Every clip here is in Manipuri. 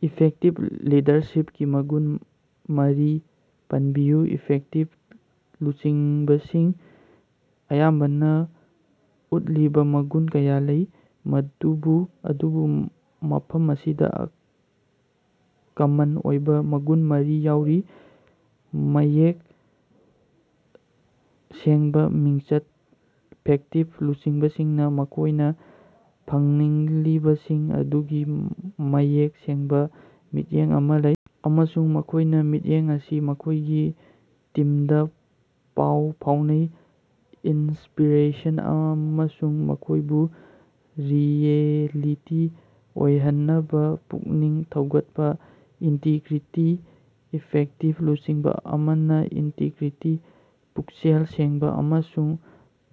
ꯏꯐꯦꯛꯇꯤꯞ ꯂꯤꯗꯔꯁꯤꯞꯀꯤ ꯃꯒꯨꯟ ꯃꯔꯤ ꯄꯟꯕꯤꯌꯨ꯫ ꯏꯐꯦꯛꯇꯤꯞ ꯂꯨꯆꯤꯡꯕꯁꯤꯡ ꯑꯌꯥꯝꯕꯅ ꯎꯠꯂꯤꯕ ꯃꯒꯨꯟ ꯀꯌꯥ ꯂꯩ, ꯃꯗꯨꯕꯨ ꯑꯗꯨꯕꯨ ꯃꯐꯝ ꯑꯁꯤꯗ ꯀꯃꯟ ꯑꯣꯏꯕ ꯃꯒꯨꯟ ꯃꯔꯤ ꯌꯥꯎꯔꯤ: ꯃꯌꯦꯛ ꯁꯦꯡꯕ ꯃꯤꯠꯌꯦꯡ: ꯏꯐꯦꯛꯇꯤꯞ ꯂꯨꯆꯤꯡꯕꯁꯤꯡꯅ ꯃꯈꯣꯏꯅ ꯐꯪꯅꯤꯡꯂꯤꯕꯁꯤꯡ ꯑꯗꯨꯒꯤ ꯃꯌꯦꯛ ꯁꯦꯡꯕ ꯃꯤꯠꯌꯦꯡ ꯑꯃ ꯂꯩ, ꯑꯃꯁꯨꯡ ꯃꯈꯣꯏꯅ ꯃꯤꯠꯌꯦꯡ ꯑꯁꯤ ꯃꯈꯣꯏꯒꯤ ꯇꯤꯝꯗ ꯄꯥꯎ ꯐꯥꯎꯅꯩ, ꯏꯟꯁꯄꯤꯔꯦꯁꯟ ꯑꯃꯁꯨꯡ ꯃꯈꯣꯏꯕꯨ ꯔꯤꯑꯦꯂꯤꯇꯤ ꯑꯣꯏꯍꯟꯅꯕ ꯄꯨꯛꯅꯤꯡ ꯊꯧꯒꯠꯄ꯫ ꯏꯟꯇꯤꯒ꯭ꯔꯤꯇꯤ: ꯏꯐꯦꯛꯇꯤꯞ ꯂꯨꯆꯤꯡꯕ ꯑꯃꯅ ꯏꯟꯇꯤꯒ꯭ꯔꯤꯇꯤ, ꯄꯨꯛꯆꯦꯜ ꯁꯦꯡꯕ ꯑꯃꯁꯨꯡ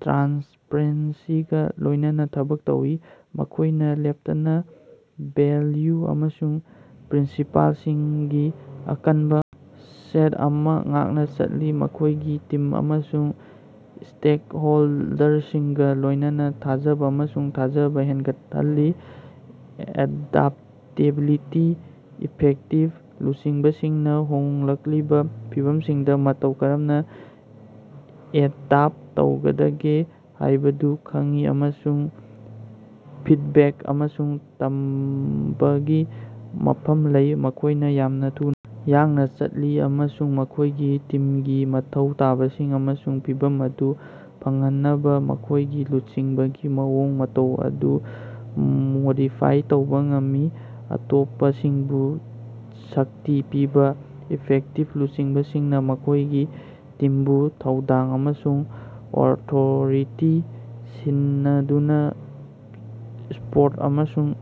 ꯇ꯭ꯔꯥꯟꯁꯄꯔꯦꯟꯁꯤꯒ ꯂꯣꯏꯅꯅ ꯊꯕꯛ ꯇꯧꯏ꯫ ꯃꯈꯣꯏꯅ ꯂꯦꯞꯇꯅ ꯚꯦꯜꯌꯨ ꯑꯃꯁꯨꯡ ꯄ꯭ꯔꯤꯟꯁꯤꯄꯜꯁꯤꯡꯒꯤ ꯑꯀꯟꯕ ꯁꯦꯠ ꯑꯃ ꯉꯥꯛꯅ ꯆꯠꯂꯤ, ꯃꯈꯣꯏꯒꯤ ꯇꯤꯝ ꯑꯃꯁꯨꯡ ꯁ꯭ꯇꯦꯛꯍꯣꯜꯗꯔꯁꯤꯡꯒ ꯂꯣꯏꯅꯅ ꯊꯥꯖꯕ ꯑꯃꯁꯨꯡ ꯊꯥꯖꯕ ꯍꯦꯟꯒꯠꯍꯜꯂꯤ꯫ ꯑꯦꯗꯥꯞꯇꯦꯕꯤꯂꯤꯇꯤ: ꯏꯐꯦꯛꯇꯤꯕ ꯂꯨꯆꯤꯡꯕꯁꯤꯡꯅ ꯍꯣꯡꯂꯛꯂꯤꯕ ꯐꯤꯚꯝꯁꯤꯡꯗ ꯃꯇꯧ ꯀꯔꯝꯅ ꯑꯦꯗꯥꯞ ꯇꯧꯒꯗꯒꯦ ꯍꯥꯏꯕꯗꯨ ꯈꯪꯏ ꯑꯃꯁꯨꯡ ꯐꯤꯗꯕꯦꯛ ꯑꯃꯁꯨꯡ ꯇꯝꯕꯒꯤ ꯃꯐꯝ ꯂꯩ꯫ ꯃꯈꯣꯏꯅ ꯌꯥꯝꯅ ꯊꯨꯅ ꯌꯥꯡꯅ ꯆꯠꯂꯤ ꯑꯃꯁꯨꯡ ꯃꯈꯣꯏꯒꯤ ꯇꯤꯝꯒꯤ ꯃꯊꯧ ꯇꯥꯕꯁꯤꯡ ꯑꯃꯁꯨꯡ ꯐꯤꯚꯝ ꯑꯗꯨ ꯐꯪꯍꯟꯅꯕ ꯃꯈꯣꯏꯒꯤ ꯂꯨꯆꯤꯡꯕꯒꯤ ꯃꯑꯣꯡ ꯃꯇꯧ ꯑꯗꯨ ꯃꯣꯗꯤꯐꯥꯏ ꯇꯧꯕ ꯉꯝꯃꯤ꯫ ꯑꯇꯣꯞꯄꯁꯤꯡꯕꯨ ꯁꯛꯇꯤ ꯄꯤꯕ: ꯏꯐꯦꯛꯇꯤꯞ ꯂꯨꯆꯤꯡꯕꯁꯤꯡꯅ ꯃꯈꯣꯏꯒꯤ ꯇꯤꯝꯕꯨ ꯊꯧꯗꯥꯡ ꯑꯃꯁꯨꯡ ꯑꯣꯊꯣꯔꯤꯇꯤ ꯁꯤꯟꯅꯗꯨꯅ, ꯁꯄꯣꯔꯠ ꯑꯃꯁꯨꯡ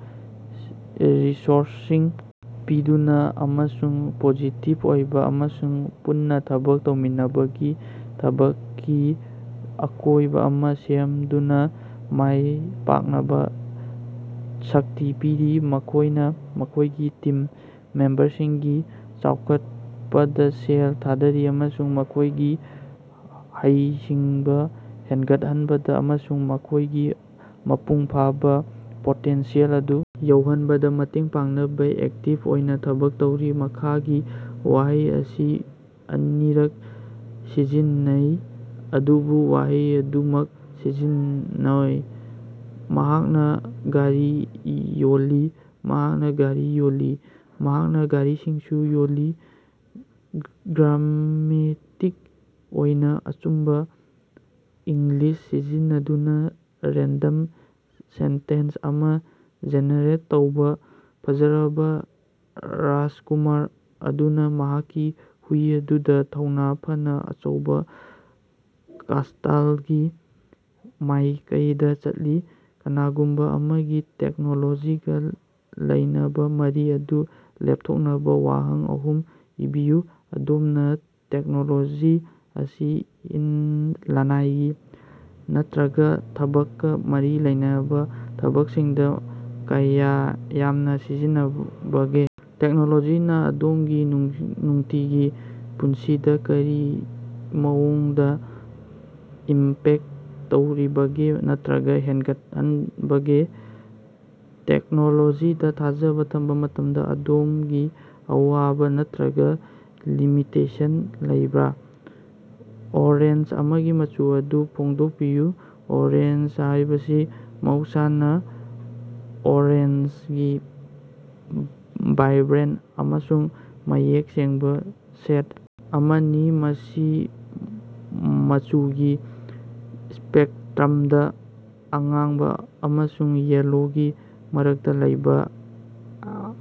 ꯔꯤꯁꯣꯔꯁꯁꯤꯡ ꯄꯤꯗꯨꯅ, ꯑꯃꯁꯨꯡ ꯄꯣꯖꯤꯇꯤꯞ ꯑꯣꯏꯕ ꯑꯃꯁꯨꯡ ꯄꯨꯟꯅ ꯊꯕꯛ ꯇꯧꯃꯤꯟꯅꯕꯒꯤ ꯊꯕꯛꯀꯤ ꯑꯀꯣꯏꯕ ꯑꯃ ꯁꯦꯝꯗꯨꯅ ꯃꯥꯏ ꯄꯥꯛꯅꯕ ꯁꯛꯇꯤ ꯄꯤꯔꯤ꯫ ꯃꯈꯣꯏꯅ ꯃꯈꯣꯏꯒꯤ ꯇꯤꯝ ꯃꯦꯝꯕꯔꯁꯤꯡꯒꯤ ꯆꯥꯎꯈꯠꯄꯗ ꯁꯦꯜ ꯊꯥꯗꯔꯤ ꯑꯃꯁꯨꯡ ꯃꯈꯣꯏꯒꯤ ꯍꯩꯁꯤꯡꯕ ꯍꯦꯟꯒꯠꯍꯟꯕꯗ ꯑꯃꯁꯨꯡ ꯃꯈꯣꯏꯒꯤ ꯃꯄꯨꯡ ꯐꯥꯕꯥ ꯄꯣꯇꯦꯟꯁꯤꯌꯦꯜ ꯑꯗꯨ ꯌꯧꯍꯟꯕꯗ ꯃꯇꯦꯡ ꯄꯥꯡꯅꯕ ꯑꯦꯛꯇꯤꯞ ꯑꯣꯏꯅ ꯊꯕꯛ ꯇꯧꯔꯤ꯫ ꯃꯈꯥꯒꯤ ꯋꯥꯍꯩ ꯑꯁꯤ ꯑꯅꯤꯔꯛ ꯁꯤꯖꯤꯟꯅꯧ ꯑꯗꯨꯕꯨ ꯋꯥꯍꯩ ꯑꯗꯨꯃꯛ ꯁꯤꯖꯤꯟꯅꯧ꯫ ꯃꯍꯥꯛꯅ ꯒꯥꯔꯤ ꯌꯣꯜꯂꯤ꯫ ꯃꯍꯥꯛꯅꯥ ꯒꯥꯔꯤ ꯌꯣꯜꯂꯤ꯫ ꯃꯍꯥꯛꯅ ꯒꯥꯔꯤꯁꯤꯡꯁꯨ ꯌꯣꯜꯂꯤ꯫ ꯒ꯭ꯔꯥꯃꯦꯇꯤꯛ ꯑꯣꯏꯅ ꯑꯆꯨꯝꯕꯥ ꯏꯪꯂꯤꯁ ꯁꯤꯖꯤꯟꯅꯗꯨꯅ ꯔꯦꯟꯗꯝ ꯁꯦꯟꯇꯦꯟꯁ ꯑꯃ ꯖꯦꯅꯦꯔꯦꯠ ꯇꯧꯕ꯫ ꯐꯖꯔꯕ ꯔꯥꯖꯀꯨꯃꯥꯔ ꯑꯗꯨꯅ ꯃꯍꯥꯛꯀꯤ ꯍꯨꯏ ꯑꯗꯨꯗ ꯊꯧꯅ ꯐꯅ ꯑꯆꯧꯕꯥ ꯀꯥꯁꯇꯜꯒꯤ ꯃꯥꯏꯀꯩꯗ ꯆꯠꯈꯤ꯫ ꯀꯅꯥꯒꯨꯝꯕ ꯑꯃꯒꯤ ꯇꯦꯛꯅꯣꯂꯣꯖꯤꯒ ꯂꯩꯅꯕ ꯃꯔꯤ ꯑꯗꯨ ꯂꯦꯞꯊꯣꯛꯅꯕ ꯋꯥꯍꯪ ꯑꯍꯨꯝ ꯏꯕꯤꯌꯨ꯫ ꯑꯗꯣꯝꯅꯥ ꯇꯦꯛꯅꯣꯂꯣꯖꯤ ꯑꯁꯤ ꯂꯅꯥꯏꯒꯤ ꯅꯠꯔꯒꯥ ꯊꯕꯛꯀ ꯃꯔꯤ ꯂꯩꯅꯕ ꯊꯕꯛꯁꯤꯡꯗ ꯀꯌꯥ ꯌꯥꯝꯅ ꯁꯤꯖꯤꯟꯅꯕꯒꯦ? ꯇꯦꯛꯅꯣꯂꯣꯖꯤꯅ ꯑꯗꯣꯝꯒꯤ ꯅꯨꯡꯇꯤꯒꯤ ꯄꯨꯟꯁꯤꯗ ꯀꯔꯤ ꯃꯑꯣꯡꯗ ꯏꯝꯄꯦꯛ ꯇꯧꯔꯤꯕꯒꯦ ꯅꯠꯇꯔꯒ ꯍꯦꯡꯒꯠꯍꯟꯕꯒꯦ? ꯇꯦꯛꯅꯣꯂꯣꯖꯤꯗ ꯊꯥꯖꯕ ꯊꯝꯕ ꯃꯇꯝꯗ ꯑꯗꯣꯝꯒꯤ ꯑꯋꯥꯕ ꯅꯠꯇꯔꯒ ꯂꯤꯃꯤꯇꯦꯁꯟ ꯂꯩꯕꯔꯥ? ꯑꯣꯔꯦꯟꯖ ꯑꯃꯒꯤ ꯃꯆꯨ ꯑꯗꯨ ꯐꯣꯡꯗꯣꯛꯄꯤꯌꯨ꯫ ꯑꯣꯔꯦꯟꯖ ꯍꯥꯌꯕꯁꯤ ꯃꯍꯧꯁꯥꯅꯥ ꯑꯣꯔꯦꯟꯖꯒꯤ ꯕꯥꯏꯕ꯭ꯔꯦꯟꯠ ꯑꯃꯁꯨꯡ ꯃꯌꯦꯛ ꯁꯦꯡꯕ ꯁꯦꯗ ꯑꯃꯅꯤ, ꯃꯁꯤ ꯃꯆꯨꯒꯤ ꯁ꯭ꯄꯦꯛꯇ꯭ꯔꯝꯗ ꯑꯉꯥꯡꯕ ꯑꯃꯁꯨꯡ ꯌꯦꯜꯂꯣꯒꯤ ꯃꯔꯛꯇ ꯂꯩꯕ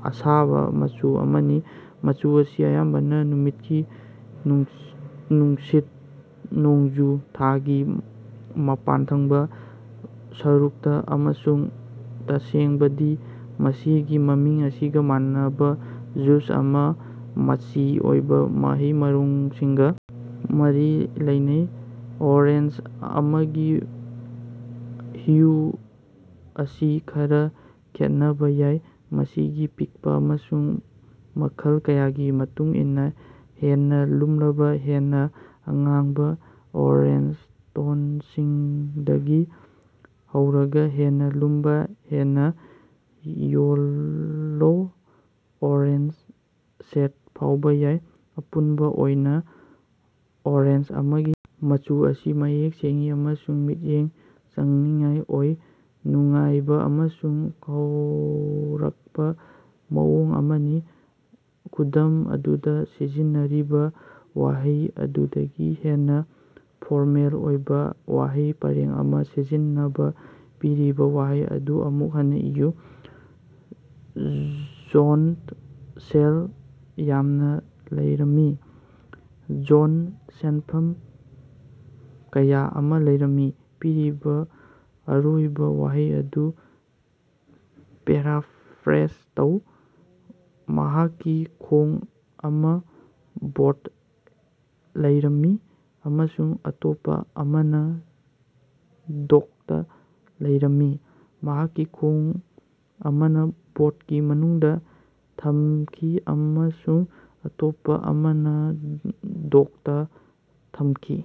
ꯑꯁꯥꯕ ꯃꯆꯨ ꯑꯃꯅꯤ꯫ ꯃꯆꯨ ꯑꯁꯤ ꯑꯌꯥꯝꯕꯅ ꯅꯨꯃꯤꯠꯀꯤ ꯅꯨꯡꯁꯤꯠ, ꯅꯣꯡꯖꯨ ꯊꯥꯒꯤ ꯃꯄꯥꯟ ꯊꯪꯕꯥ ꯁꯔꯨꯛꯇ, ꯑꯃꯁꯨꯡ ꯇꯁꯦꯡꯕꯗꯤ, ꯃꯁꯤꯒꯤ ꯃꯃꯤꯡ ꯑꯁꯤꯒ ꯃꯥꯟꯅꯕ ꯖꯨꯁ ꯑꯃꯁꯨꯡ ꯃꯆꯤ ꯑꯣꯏꯕ ꯃꯍꯩ-ꯃꯔꯣꯡꯁꯤꯡꯒ ꯃꯔꯤ ꯂꯩꯅꯩ꯫ ꯑꯣꯔꯦꯟꯖ ꯑꯃꯒꯤ ꯍ꯭ꯌꯨ ꯑꯁꯤ ꯈꯔ ꯈꯦꯠꯅꯕ ꯌꯥꯏ, ꯃꯁꯤꯒꯤ ꯄꯤꯛꯄ ꯑꯃꯁꯨꯡ ꯃꯈꯜ ꯀꯌꯥꯒꯤ ꯃꯇꯨꯡ ꯏꯟꯅ ꯍꯦꯟꯅ ꯂꯨꯝꯂꯕ, ꯍꯦꯟꯅ ꯑꯉꯥꯡꯕ-ꯑꯣꯔꯦꯟꯖ ꯇꯣꯟꯁꯤꯡꯗꯒꯤ ꯍꯧꯔꯒ ꯍꯦꯟꯅ ꯂꯨꯝꯕ, ꯍꯦꯟꯅ ꯌꯦꯜꯂꯣ-ꯑꯣꯔꯦꯟꯖ ꯁꯦꯗ ꯐꯥꯎꯕ ꯌꯥꯏ꯫ ꯑꯄꯨꯟꯕ ꯑꯣꯏꯅ ꯑꯣꯔꯦꯟꯖ ꯑꯃꯒꯤ ꯃꯆꯨ ꯑꯁꯤ ꯃꯌꯦꯛ ꯁꯦꯡꯏ ꯑꯃꯁꯨꯡ ꯃꯤꯠꯌꯦꯡ ꯆꯪꯅꯤꯡꯉꯥꯏ ꯑꯣꯏ, ꯅꯨꯡꯉꯥꯏꯕ ꯑꯃꯁꯨꯡ ꯀꯧꯔꯛꯄ ꯃꯑꯣꯡ ꯑꯃꯅꯤ꯫ ꯈꯨꯗꯝ ꯑꯗꯨꯗ ꯁꯤꯖꯤꯟꯅꯔꯤꯕ ꯋꯥꯍꯩ ꯑꯗꯨꯗꯒꯤ ꯍꯦꯟꯅ ꯐꯣꯔꯃꯦꯜ ꯑꯣꯏꯕ ꯋꯥꯍꯩ ꯄꯔꯦꯡ ꯑꯃ ꯁꯤꯖꯤꯟꯅꯅꯕ ꯄꯤꯔꯤꯕ ꯋꯥꯍꯩ ꯑꯗꯨ ꯑꯃꯨꯛ ꯍꯟꯅ ꯏꯌꯨ꯫ ꯖꯣꯟꯗ ꯁꯦꯜ ꯌꯥꯝꯅ ꯂꯩꯔꯝꯃꯤ꯫ ꯖꯣꯟꯗ ꯁꯦꯅꯐꯝ ꯀꯌꯥ ꯑꯃ ꯂꯩꯔꯝꯃꯤ꯫ ꯄꯤꯔꯤꯕꯥ ꯑꯔꯣꯏꯕ ꯋꯥꯍꯩ ꯑꯗꯨ ꯄꯦꯔꯥꯐ꯭ꯔꯦꯖ ꯇꯧ꯫ ꯃꯍꯥꯛꯀꯤ ꯈꯣꯡ ꯑꯃ ꯕꯣꯠꯇ ꯂꯩꯔꯝꯃꯤ ꯑꯃꯁꯨꯡ ꯑꯇꯣꯞꯄꯥ ꯑꯃꯅꯥ ꯗꯣꯛꯇ ꯂꯩꯔꯝꯃꯤ꯫ ꯃꯍꯥꯛꯀꯤ ꯈꯣꯡ ꯑꯃꯅꯥ ꯕꯣꯠꯀꯤ ꯃꯅꯨꯡꯗ ꯊꯝꯈꯤ ꯑꯃꯁꯨꯡ ꯑꯇꯣꯞꯄ ꯑꯃꯅꯥ ꯗꯣꯛꯇꯥ ꯊꯝꯈꯤ꯫।